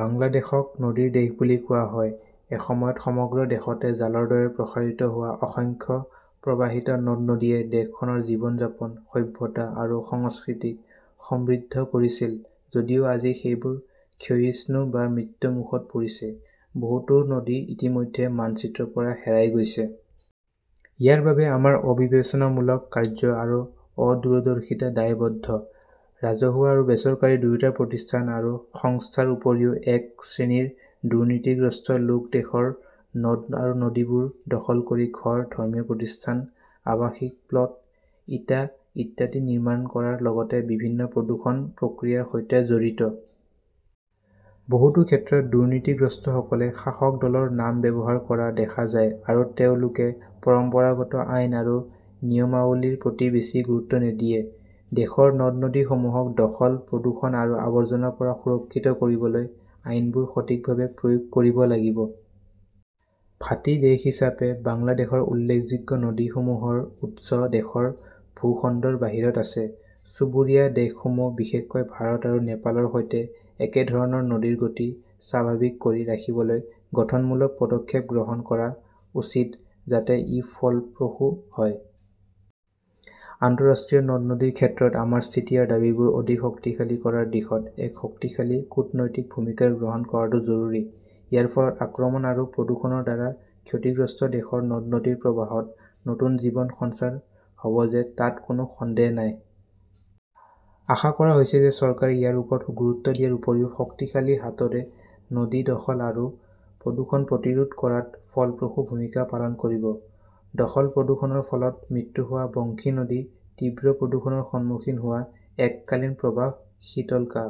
বাংলাদেশক নদীৰ দেশ বুলি কোৱা হয়। এসময়ত সমগ্ৰ দেশতে জালৰ দৰে প্ৰসাৰিত হোৱা অসংখ্য প্ৰৱাহিত নদ-নদীয়ে দেশখনৰ জীৱন-যাপন, সভ্যতা আৰু সংস্কৃতিক সমৃদ্ধ কৰিছিল যদিও আজি সেইবোৰ ক্ষয়িষ্ণু বা মৃত্যমুখত পৰিছে। বহুতো নদী ইতিমধ্যে মানচিত্ৰৰ পৰা হেৰাই গৈছে। ইয়াৰ বাবে আমাৰ অবিবেচনামূলক কাৰ্য্য আৰু অদূৰদৰ্শিতা দায়বদ্ধ। ৰাজহুৱা আৰু বেচৰকাৰী দুয়োটা প্ৰতিষ্ঠান আৰু সংস্থাৰ উপৰিও, এক শ্ৰেণীৰ দুৰ্নীতিগ্ৰস্ত লোক দেশৰ নদী আৰু নদীবোৰ দখল কৰি ঘৰ, ধৰ্মীয় প্ৰতিষ্ঠান, আৱাসিক প্লট, ইটা ইত্যাদি নিৰ্মাণ কৰাৰ লগতে বিভিন্ন প্ৰদূষণ প্ৰক্ৰিয়াৰ সৈতে জড়িত। বহুতো ক্ষেত্ৰত, দুৰ্নীতিগ্ৰস্তসকলে শাসক দলৰ নাম ব্যৱহাৰ কৰা দেখা যায় আৰু তেওঁলোকে পৰম্পৰাগত আইন আৰু নিয়মাৱলীৰ প্ৰতি বেছি গুৰুত্ব নিদিয়ে। দেশৰ নদ-নদীসমূহক দখল, প্ৰদূষণ আৰু আৱৰ্জনাৰ পৰা সুৰক্ষিত কৰিবলৈ আইনবোৰ সঠিকভাৱে প্ৰয়োগ কৰিব লাগিব। ভাটি দেশ হিচাপে বাংলাদেশৰ উল্লেখযোগ্য নদীসমূহৰ উৎস দেশৰ ভূখণ্ডৰ বাহিৰত আছে। চুবুৰীয়া দেশসমূহ, বিশেষকৈ ভাৰত আৰু নেপালৰ সৈতে একেধৰণৰ নদীৰ গতি স্বাভাৱিক কৰি ৰাখিবলৈ গঠনমূলক পদক্ষেপ গ্ৰহণ কৰা উচিত যাতে ই ফলপ্ৰসূ হয়। আন্তঃৰাষ্ট্ৰীয় নদ- নদীৰ ক্ষেত্ৰত আমাৰ স্থিতি আৰু দাবীবোৰ অধিক শক্তিশালী কৰাৰ দিশত এক শক্তিশালী কূটনৈতিক ভূমিকা গ্ৰহণ কৰাটো জৰুৰী। ইয়াৰ ফলত আক্ৰমণ আৰু প্ৰদূষণৰ দ্বাৰা ক্ষতিগ্ৰস্ত দেশৰ নদ-নদীৰ প্ৰবাহত নতুন জীৱন সঞ্চাৰ হ'ব যে তাত কোনো সন্দেহ নাই। আশা কৰা হৈছে যে চৰকাৰে ইয়াৰ ওপৰত গুৰুত্ব দিয়াৰ উপৰিও শক্তিশালী হাতৰে নদী দখল আৰু প্ৰদূষণ প্ৰতিৰোধ কৰাত ফলপ্ৰসূ ভূমিকা পালন কৰিব। দখল-প্ৰদূষণৰ ফলত মৃত্যু হোৱা বংশী নদী তীব্ৰ প্ৰদূষণৰ সন্মুখীন হোৱা এককালীন প্ৰবাহ শীতলকাহ।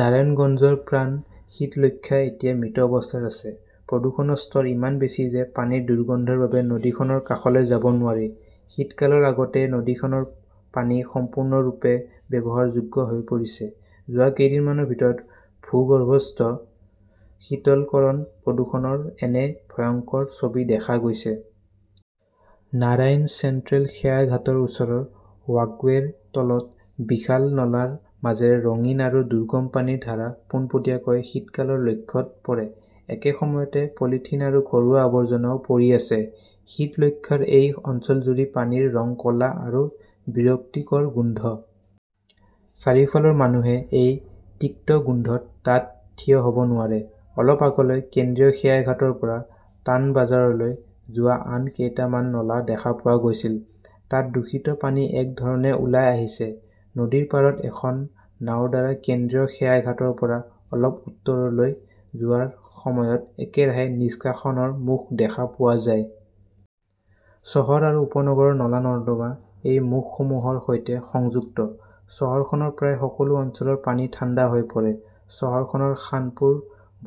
নাৰায়ণগঞ্জৰ প্ৰাণ শীতলক্ষ্যা এতিয়া মৃত অৱস্থাত আছে। প্ৰদূষণৰ স্তৰ ইমান বেছি যে পানীৰ দুৰ্গন্ধৰ বাবে নদীখনৰ কাষলৈ যাব নোৱাৰি। শীতকালৰ আগতেই নদীখনৰ পানী সম্পূৰ্ণৰূপে ব্যৱহাৰযোগ্য হৈ পৰিছে। যোৱা কেইদিনমানৰ ভিতৰত ভূগৰ্ভস্থ শীতলকৰণ প্ৰদূষণৰ এনে ভয়ংকৰ ছবি দেখা গৈছে। নাৰাংইজ চেণ্ট্ৰেল খেয়াঘাটৰ ওচৰৰ ৱাকৱেৰ তলত বিশাল নলাৰ মাজেৰে ৰঙীন আৰু দুৰ্গম পানীৰ ধাৰা পোনপটীয়াকৈ শীতকালৰ লক্ষ্যত পৰে। একে সময়তে পলিথিন আৰু ঘৰুৱা আৱৰ্জনাও পৰি আছে। শীতলক্ষ্যাৰ সেই অঞ্চলজুৰি পানীৰ ৰং ক'লা আৰু বিৰক্তিকৰ গোন্ধ। চাৰিওফালৰ মানুহে এই তিক্ত গোন্ধত তাত থিয় হ'ব নোৱাৰে। অলপ আগলৈ, কেন্দ্ৰীয় খেয়াঘাটৰ পৰা তানবাজাৰলৈ যোৱা আন কেইটামান নলা দেখা পোৱা গৈছিল। তাত দূষিত পানী একে ধৰণে ওলাই আহিছে। নদীৰ পাৰত এখন নাওৰ দ্বাৰা কেন্দ্ৰীয় খেয়াঘাটৰ পৰা অলপ উত্তৰলৈ যোৱাৰ সময়ত একেৰাহে নিষ্কাশনৰ মুখ দেখা পোৱা যায়। চহৰ আৰু উপনগৰৰ নলা-নৰ্দমা এই মুখসমূহৰ সৈতে সংযুক্ত। চহৰখনৰ প্ৰায় সকলো অঞ্চলৰ পানী ঠাণ্ডা হৈ পৰে। চহৰখনৰ খানপুৰ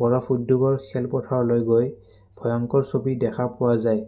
বৰফ উদ্যোগৰ খেলপথাৰলৈ গৈ ভয়ংকৰ ছবি দেখা পোৱা যায়।